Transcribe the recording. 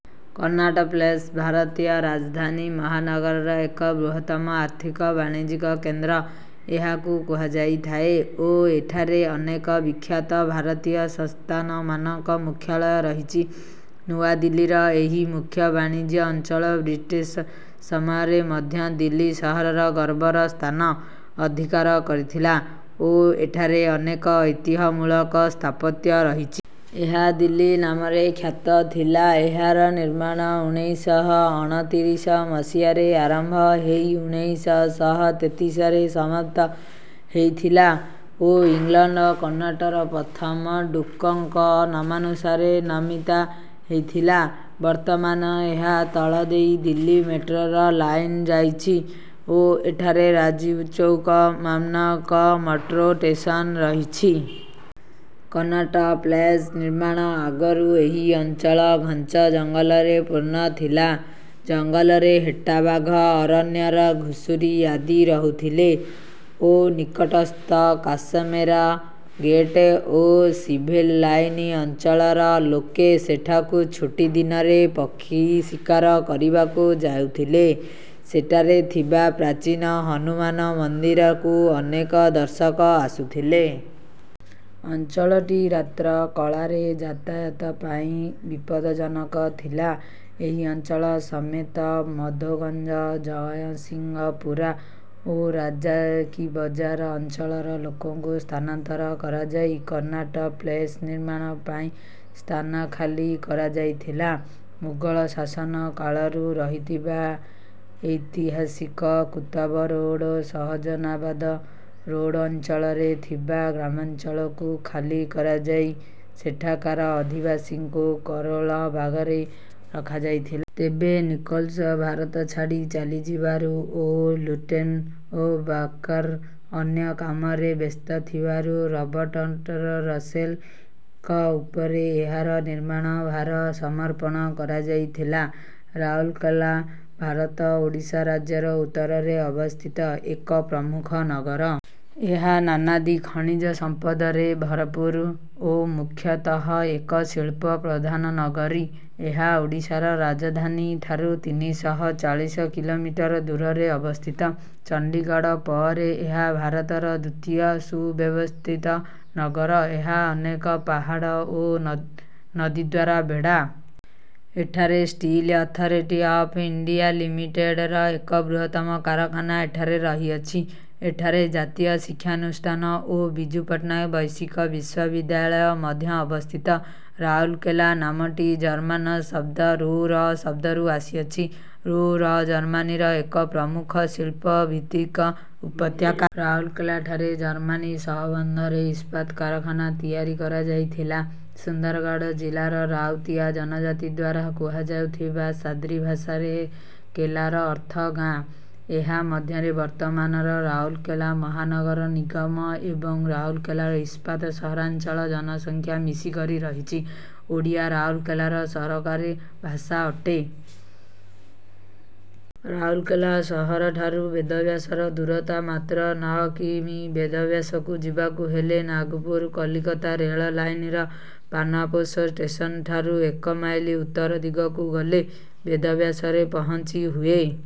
Connaught place ଭାରତୀୟ ରାଜଧାନୀ ମହାନଗରର ଏକ ବୃହତ୍ତମ ଆର୍ଥିକ ବାଣିଜ୍ୟିକ କେନ୍ଦ୍ର। ଏହାକୁ କୁହାଯାଇଥାଏ ଓ ଏଠାରେ ଅନେକ ବିଖ୍ୟାତ ଭାରତୀୟ ସଂସ୍ଥାନ ମାନଙ୍କ ମୁଖ୍ୟାଳୟ ରହିଛି। ନୂଆ ଦିଲ୍ଲୀର ଏହି ମୁଖ୍ୟ ବାଣିଜ୍ୟ ଅଞ୍ଚଳ ବ୍ରିଟିଶ ସମୟରେ ମଧ୍ୟ ଦିଲ୍ଲୀ ସହରର ଗର୍ବର ସ୍ଥାନ ଅଧିକାର କରିଥିଲା ଓ ଏଠାରେ ଅନେକ ଐତିହ ମୂଳକ ସ୍ଥାପତ୍ୟ ରହିଛି। ଏହା ଦିଲ୍ଲୀ ନାମରେ ଖ୍ୟାତ ଥିଲା। ଏହାର ନିର୍ମାଣ ଉଣେଇଶ ଶହ ଅଣତିରିଶ ମସିହାରେ ଆରମ୍ଭ ହେଇ ଉଣେଇଶ ଶହ ତେତିଶରେ ସମାପ୍ତ ହେଇଥିଲା ଓ ଇଂଲଣ୍ଡ କନ୍ନାଟର ପ୍ରଥମ ଡୂକଙ୍କ ନାମାନୁସାରେ ନମିତା ହେଇଥିଲା। ବର୍ତମାନ ଏହା ତଳ ଦେଇ ଦିଲ୍ଲୀ ମେଟ୍ରୋର ଲାଇନ ଯାଇଛି ଓ ଏଠାରେ ରାଜୀବ ଚୌକ ମ୍ନାମକ ମେଟ୍ରୋ ଷ୍ଟେସନ ରହିଛି। କନ୍ନାଟ ପ୍ଲେସ ନିର୍ମାଣ ଆଗରୁ ଏହି ଅଞ୍ଚଳ ଘଞ୍ଚ ଜଙ୍ଗଲରେ ପୂର୍ଣ ଥିଲା। ଜଙ୍ଗଲରେ ହେଟାବାଘ ଅରଣ୍ୟ ଘୁଷୁରି ଆଦି ରହୁଥିଲେ ଓ ନିକଟସ୍ଥ କାଶମେର ଗେଟ ଓ ସିଭିଲ ଲାଇନ ଅଞ୍ଚଳର ଲୋକେ ସେଠାକୁ ଛୁଟି ଦିନରେ ପକ୍ଷୀ ଶିକାର କରିବାକୁ ଯାଉଥିଲେ। ସେଠାରେ ଥିବା ପ୍ରାଚୀନ ହନୁମାନ ମଦିରକୁ ଅନେକ ଦର୍ଶକ ଆସୁଥିଲେ। ଅଞ୍ଚଳଟି ରାତ୍ର କଳାରେ ଯାତାୟାତ ପାଇଁ ବିପଦଜନକ ଥିଲା। ଏହି ଅଞ୍ଚଳ ସମେତ ମାଧୋଗଞ୍ଜ ଜାୟସିଙ୍ଗ ପୁରା ଓ ରାଜା କି ବଜାର ଅଞ୍ଚଳର ଲୋକଙ୍କୁ ସ୍ଥାନାନ୍ତର କରାଯାଇ କନ୍ନାଟ ପ୍ଲେସ ନିର୍ମାଣ ପାଇଁ ସ୍ଥାନ ଖାଲି କରାଯାଇଥିଲା। ମୁଗଳ ଶାସନ କାଳରୁ ରହିଥିବା ଏଇତିହାସିକ କୁତବ ରୋଡ ସହଜନାବାଦ ରୋଡ ଅଞ୍ଚଳରେ ଥିବା ଗ୍ରାମାଞ୍ଚଳକୁ ଖାଲି କରାଯାଇ ସେଠାକାର ଅଧିବାଶିଙ୍କୁ କାରୋଲ ବାଗରେ ରଖାଯାଇଥିଲା। ତେବେ ନିକୋଲ୍ସ ଭାରତ ଛାଡି ଚାଲି ଯିବାରୁ ଓ ଲୁଟ୍ୟେନ ଓ ବାକର ଅନ୍ୟ କାମରେ ବ୍ୟସ୍ତ ଥିବାରୁ ରବର୍ଟ ଟର ରସେଲ ଙ୍କ ଉପରେ ଏହାର ନିର୍ମାଣ ଭାର ସମର୍ପଣ କରାଯାଇଥିଲା। ରାଉରକେଲା ଭାରତର ଓଡ଼ିଶା ରାଜ୍ୟର ଉତ୍ତରରେ ଅବସ୍ଥିତ ଏକ ପ୍ରମୁଖ ନଗର। ଏହା ନାନାଦି ଖଣିଜ ସମ୍ପଦରେ ଭରପୁର ଓ ମୁଖ୍ୟତଃ ଏକ ଶିଳ୍ପ ପ୍ରଧାନ ନଗରୀ। ଏହା ଓଡ଼ିଶାର ରାଜଧାନୀ ଠାରୁ ତିନିଶହ ଚାଳିଶ କିଲୋମିଟର ଦୂରରେ ଅବସ୍ଥିତ। ଚଣ୍ଡୀଗଡ଼ ପରେ ଏହା ଭାରତର ଦ୍ୱିତୀୟ ସୁବ୍ୟବସ୍ଥିତ ନଗର। ଏହା ଅନେକ ପାହାଡ଼ ଓ ନଦୀଦ୍ୱାରା ବେଢା। ଏଠାରେ ଷ୍ଟିଲ ଅଥରିଟି ଅଫ ଇଣ୍ଡିଆ ଲିମିଟେଡ଼ର ଏକ ବୃହତ୍ତମ କାରଖାନା ଏଠାରେ ରହିଅଛି। ଏଠାରେ ଜାତୀୟ ଶିକ୍ଷାନୁଷ୍ଠାନ ଓ ବିଜୁ ପଟ୍ଟନାୟକ ବୈଷୟିକ ବିଶ୍ୱବିଦ୍ୟାଳୟ ମଧ୍ୟ ଅବସ୍ଥିତ। ରାଉରକେଲା ନାମଟି ଜର୍ମାନ ଶବ୍ଦ ରୁର ଶବ୍ଦରୁ ଆସିଛି। ରୁର ଜର୍ମାନୀର ଏକ ପ୍ରମୁଖ ଶିଳ୍ପ ଭିତ୍ତିକ ଉପତ୍ୟାକା। ରାଉଅରକେଲାଠାରେ ଜର୍ମାନୀ ସହବନ୍ଧନରେ ଇସ୍ପାତ କାରଖାନା ତିଆରି କରାଯାଇଥିଲା। ସୁନ୍ଦରଗଡ଼ ଜିଲାର ରାଉତିଆ ଜନଜାତିଦ୍ୱାରା କୁହାଯାଉଥିବା ସାଦ୍ରି ଭାଷାରେ କେଲାର ଅର୍ଥ ଗାଆଁ । ଏହା ମଧ୍ୟରେ ବର୍ତ୍ତମାନର ରାଉରକେଲା ମାହନଗର ନିଗମ ଏବଂ ରାଉରକେଲା ଇସ୍ପାତ ସହରାଞ୍ଚଳର ଜନସଂଖ୍ୟା ମିଶିକରି ରହିଛି। ଓଡ଼ିଆ ରାଉରକେଲାର ସରକାରୀ ଭାଷା ଅଟେ। ରାଉରକେଲା ସହର ଠାରୁ ବେଦବ୍ୟାସର ଦୂରତା ମାତ୍ର ନଅ କି. ମି. ବେଦବ୍ୟାସକୁ ଯିବାକୁ ହେଲେ ନାଗପୁର କଲିକତା ରେଳ ଲାଇନର ପାନପୋଷ ଷ୍ଟେସନଠାରୁ ଏକ ମାଇଲ ଉତ୍ତର ଦିଗକୁ ଗଲେ ବେଦବ୍ୟାସରେ ପହଞ୍ଚି ହୁଏ।